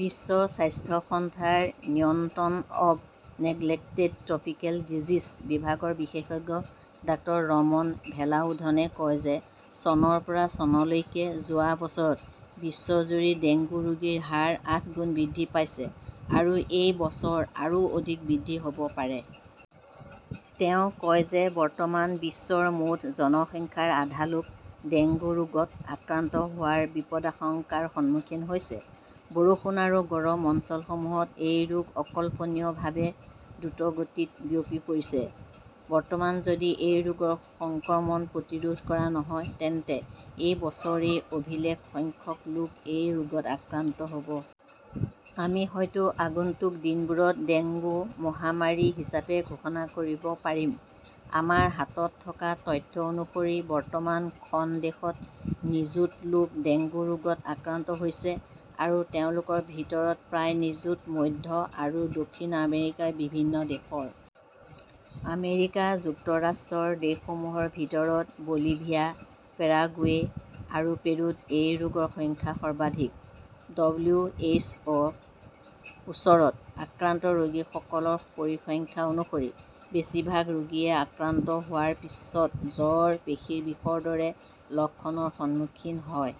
বিশ্ব স্বাস্থ্য সংস্থাৰ নিয়ন্ত্ৰণ অৱ নেগ্লেক্টেড ট্ৰপিকেল ডিজিজ বিভাগৰ বিশেষজ্ঞ ডাঃ ৰমন ভেলাউধনে কয় যে চনৰ পৰা চনলৈকে যোৱা বছৰত বিশ্বজুৰি ডেংগু ৰোগীৰ হাৰ আঠগুণ বৃদ্ধি পাইছে আৰু এই বছৰ আৰু অধিক বৃদ্ধি হ 'ব পাৰে। তেওঁ কয় যে বৰ্তমান বিশ্বৰ মুঠ জনসংখ্যাৰ আধা লোক ডেংগু ৰোগত আক্ৰান্ত হোৱাৰ বিপদাশংকাৰ সন্মুখীন হৈছে। বৰষুণ আৰু গৰম অঞ্চলসমূহত এই ৰোগ অকল্পনীয়ভাৱে দ্ৰুতগতিত বিয়পি পৰিছে। বৰ্তমান, যদি এই ৰোগৰ সংক্ৰমণ প্ৰতিৰোধ কৰা নহয়, তেন্তে এই বছৰেই অভিলেখ সংখ্যক লোক এই ৰোগত আক্ৰান্ত হ 'ব। আমি হয়তো আগন্তুক দিনবোৰত ডেংগু মহামাৰী হিচাপে ঘোষণা কৰিব পাৰিম। "আমাৰ হাতত থকা তথ্য অনুসৰি বৰ্তমান খন দেশত নিযুত লোক ডেংগু ৰোগত আক্ৰান্ত হৈছে, আৰু তেওঁলোকৰ ভিতৰত প্ৰায় নিযুত মধ্য আৰু দক্ষিণ আমেৰিকাৰ বিভিন্ন দেশৰ। আমেৰিকা যুক্তৰাষ্ট্ৰৰ দেশসমূহৰ ভিতৰত বলিভিয়া, পেৰাগুৱে আৰু পেৰুত এই ৰোগৰ সংখ্যা সৰ্বাধিক। "ডব্লিউ. এইচ. অ". -ৰ ওচৰত আক্ৰান্ত ৰোগীসকলৰ পৰিসংখ্যা অনুসৰি, বেছিভাগ ৰোগীয়ে আক্ৰান্ত হোৱাৰ পিছত জ্বৰ, পেশীৰ বিষৰ দৰে লক্ষণৰ সন্মুখীন হয়।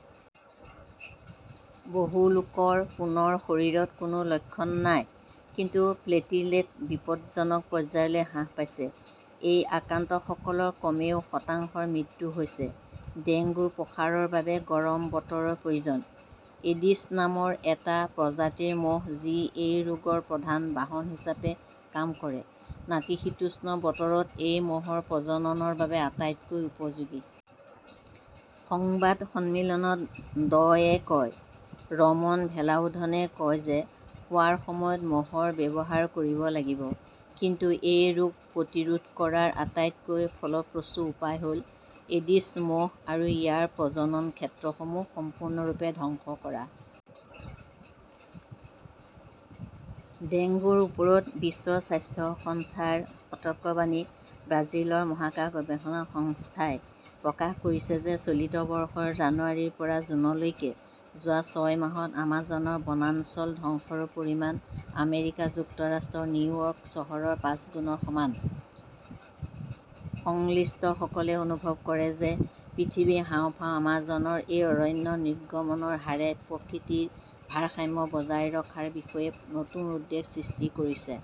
বহু লোকৰ পুনৰ শৰীৰত কোনো লক্ষণ নাই, কিন্তু প্লেটিলেট বিপদজনক পৰ্যায়লৈ হ্ৰাস পাইছে। এই আক্ৰান্তসকলৰ কমেও শতাংশৰ মৃত্যু হৈছে। ডেংগুৰ প্ৰসাৰৰ বাবে গৰম বতৰৰ প্ৰয়োজন। এডিছ নামৰ এটা প্ৰজাতিৰ মহ যি এই ৰোগৰ প্ৰধান বাহন হিচাপে কাম কৰে, নাতিশীতোষ্ণ বতৰত এই মহৰ প্ৰজননৰ বাবে আটাইতকৈ উপযোগী। সংবাদ সন্মিলনত ড য়ে কয়। ৰমন ভেলাউধনে কয় যে শুৱাৰ সময়ত মহৰ ব্যৱহাৰ কৰিব লাগিব। কিন্তু এই ৰোগ প্ৰতিৰোধ কৰাৰ আটাইতকৈ ফলপ্ৰসূ উপায় হ "ল এডিছ মহ আৰু ইয়াৰ প্ৰজনন ক্ষেত্ৰসমূহ সম্পূৰ্ণৰূপে ধ্বংস কৰা। ডেংগুৰ ওপৰত বিশ্ব স্বাস্থ্য সংস্থাৰ সতৰ্কবাণী ব্ৰাজিলৰ মহাকাশ গৱেষণা সংস্থাই প্ৰকাশ কৰিছে যে চলিত বৰ্ষৰ জানুৱাৰীৰ পৰা জুনলৈকে যোৱা ছয় মাহত আমাজনৰ বনাঞ্চল ধ্বংসৰ পৰিমাণ আমেৰিকা যুক্তৰাষ্ট্ৰৰ নিউয়ৰ্ক চহৰৰ পাঁচগুণৰ সমান। সংশ্লিষ্টসকলে অনুভৱ কৰে যে পৃথিৱীৰ হাঁওফাঁও আমাজনৰ এই অৰণ্য নিৰ্গমনৰ হাৰে প্ৰকৃতিৰ ভাৰসাম্য বজাই ৰখাৰ বিষয়ে নতুন উদ্বেগৰ সৃষ্টি কৰিছে।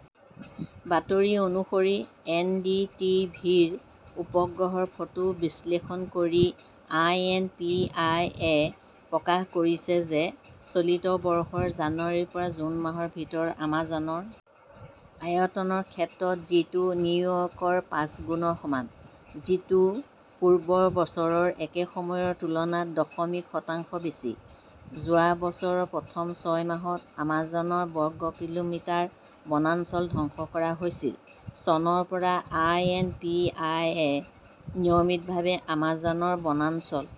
বাতৰি অনুসৰি, এন. ডি. টি. ভি. -ৰ উপগ্ৰহৰ ফটো বিশ্লেষণ কৰি আই. এন. পি. আই. -য়ে প্ৰকাশ কৰিছে যে চলিত বৰ্ষৰ জানুৱাৰীৰ পৰা জুন মাহৰ ভিতৰত আমাজনৰ,<> বৰ্গ কিলোমিটাৰ বনাঞ্চল ধ্বংস কৰা হৈছে। আয়তনৰ ক্ষেত্ৰত যিটো নিউয়ৰ্কৰ পাঁচগুণৰ সমান। যিটো পূৰ্বৰ বছৰৰ একে সময়ৰ তুলনাত দশমিক শতাংশ বেছি। যোৱা বছৰৰ প্ৰথম ছয় মাহত আমাজনৰ, বৰ্গ কিলোমিটাৰ বনাঞ্চল ধ্বংস কৰা হৈছিল। চনৰ পৰা আই. এন. পি. আই. -য়ে নিয়মিতভাৱে আমাজনৰ বনাঞ্চল